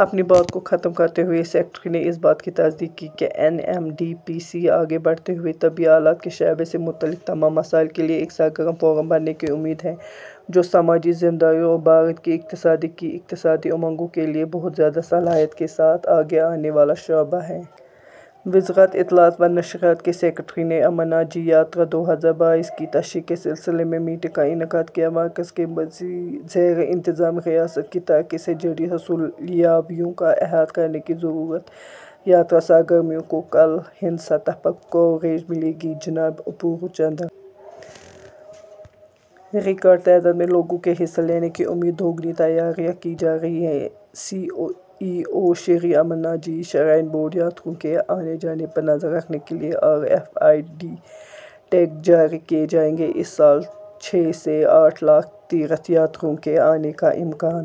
اپنی بات کو ختم کرتے ہوئے سیکریٹری نے اس بات کی تصدیق کی کہ N M D P C, آگے بڑھتے ہوئے، طبی آلات کے شعبے سے متعلق تمام مسائل کے لیے ایک سرگرم فورم بننے کی امید ہے، جو سماجی ذمہ داریوں اور بھارت کی اقتصادی کی اقتصادی امنگوں کے لیے بہت زیادہ صلاحیت کے ساتھ آگے آنے والا شعبہ ہے۔ وزارت اطلاعات و نشریات کے سیکریٹری نے امرناتھ جی یاترا دو ہزار بائیس کی تشہیر کے سلسلے میں میٹنگ کا انعقاد کیا۔ مرکز کے زیر انتظام ریاست کی ترقی سے جڑی حصولیابیوں کا احاطہ کرنے کی ضرورت، یاترا سرگرمیوں کو کل ہند سطح پر کوریج ملے گی: جناب اپورو چندر۔ ریکارڈ تعداد میں لوگوں کے حصہ لینے کی امید، دوگنی تیاریاں کی جا رہی ہیں: C E O, Shri Amarnath ji shrine board. یاتریوں کے آنے جانے پر نظر رکھنے کے لیے R F I D tag جاری کیے جائیں گے، اس سال چھ سے آٹھ لاکھ تیرتھ یاتریوں کے آنے کا امکان۔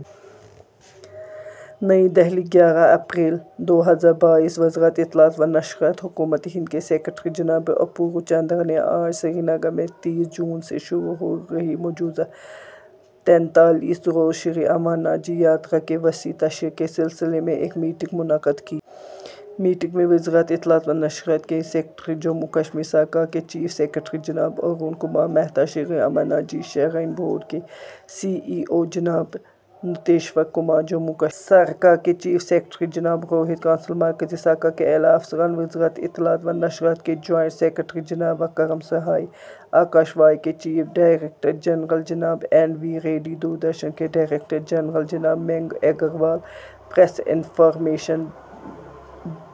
نئی دہلی: گیارہ اپریل دو ہزار بائیس: وزارت اطلاعات و نشریات، حکومت ہند کے سیکریٹری جناب اپورو چندرا نے آج سری نگر میں تیس جون سے شروع ہو رہی مجوزہ تینتالیس روزہ شری امرناتھ جی یاترا کی وسیع تشہیر کے سلسلے میں ایک میٹنگ منعقد کی۔ میٹنگ میں وزارت اطلاعات و نشریات کے سیکریٹری، جموں و کشمیر سرکار کے چیف سیکریٹری جناب ارون کمار مہتا، شری امرناتھ جی شرائن بورڈ کے سی ای او جناب نتیشور کمار، جموں کشمیر سرکار کے چیف سیکریٹری جناب روہت کنسل، مرکزی سرکار کے اعلیٰ افسران، وزارت اطلاعات و نشریات کے جوائنٹ سیکریٹری جناب وکرم سہائے، آکاش وانی کے چیف ڈائریکٹر جنرل جناب این وی ریڈی، دوردرشن کے ڈائریکٹر جنرل جناب Mayank Agarwal, press information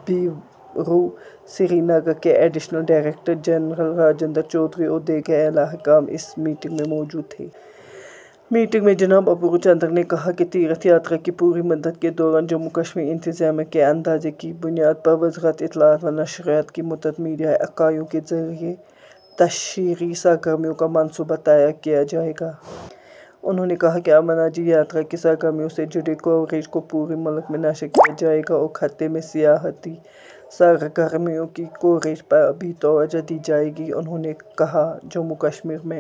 bureau Srinagar کے additional director general Rajendra Chaudhary اور دیگر اعلیٰ حکام اس میٹنگ میں موجود تھے۔ میٹنگ میں جناب اپورو چندر نے کہا کہ تیرتھ یاترا کی پوری مدت کے دوران جموں کشمیر انتظامیہ کے اندازے کی بنیاد پر وزارت اطلاعات و نشریات کی متعدد میڈیا اکائیوں کے ذریعے تشہیری سرگرمیوں کا منصوبہ تیار کیا جائے گا۔ انہوں نے کہا کہ امرناتھ جی یاترا کی سرگرمیوں سے جڑے کوریج کو پورے ملک میں نشر کیا جائے گا اور خطے میں سیاحتی سرگرمیوں کی کوریج پر بھی توجہ دی جائے گی۔ انہوں نے کہا، "جموں کشمیر میں...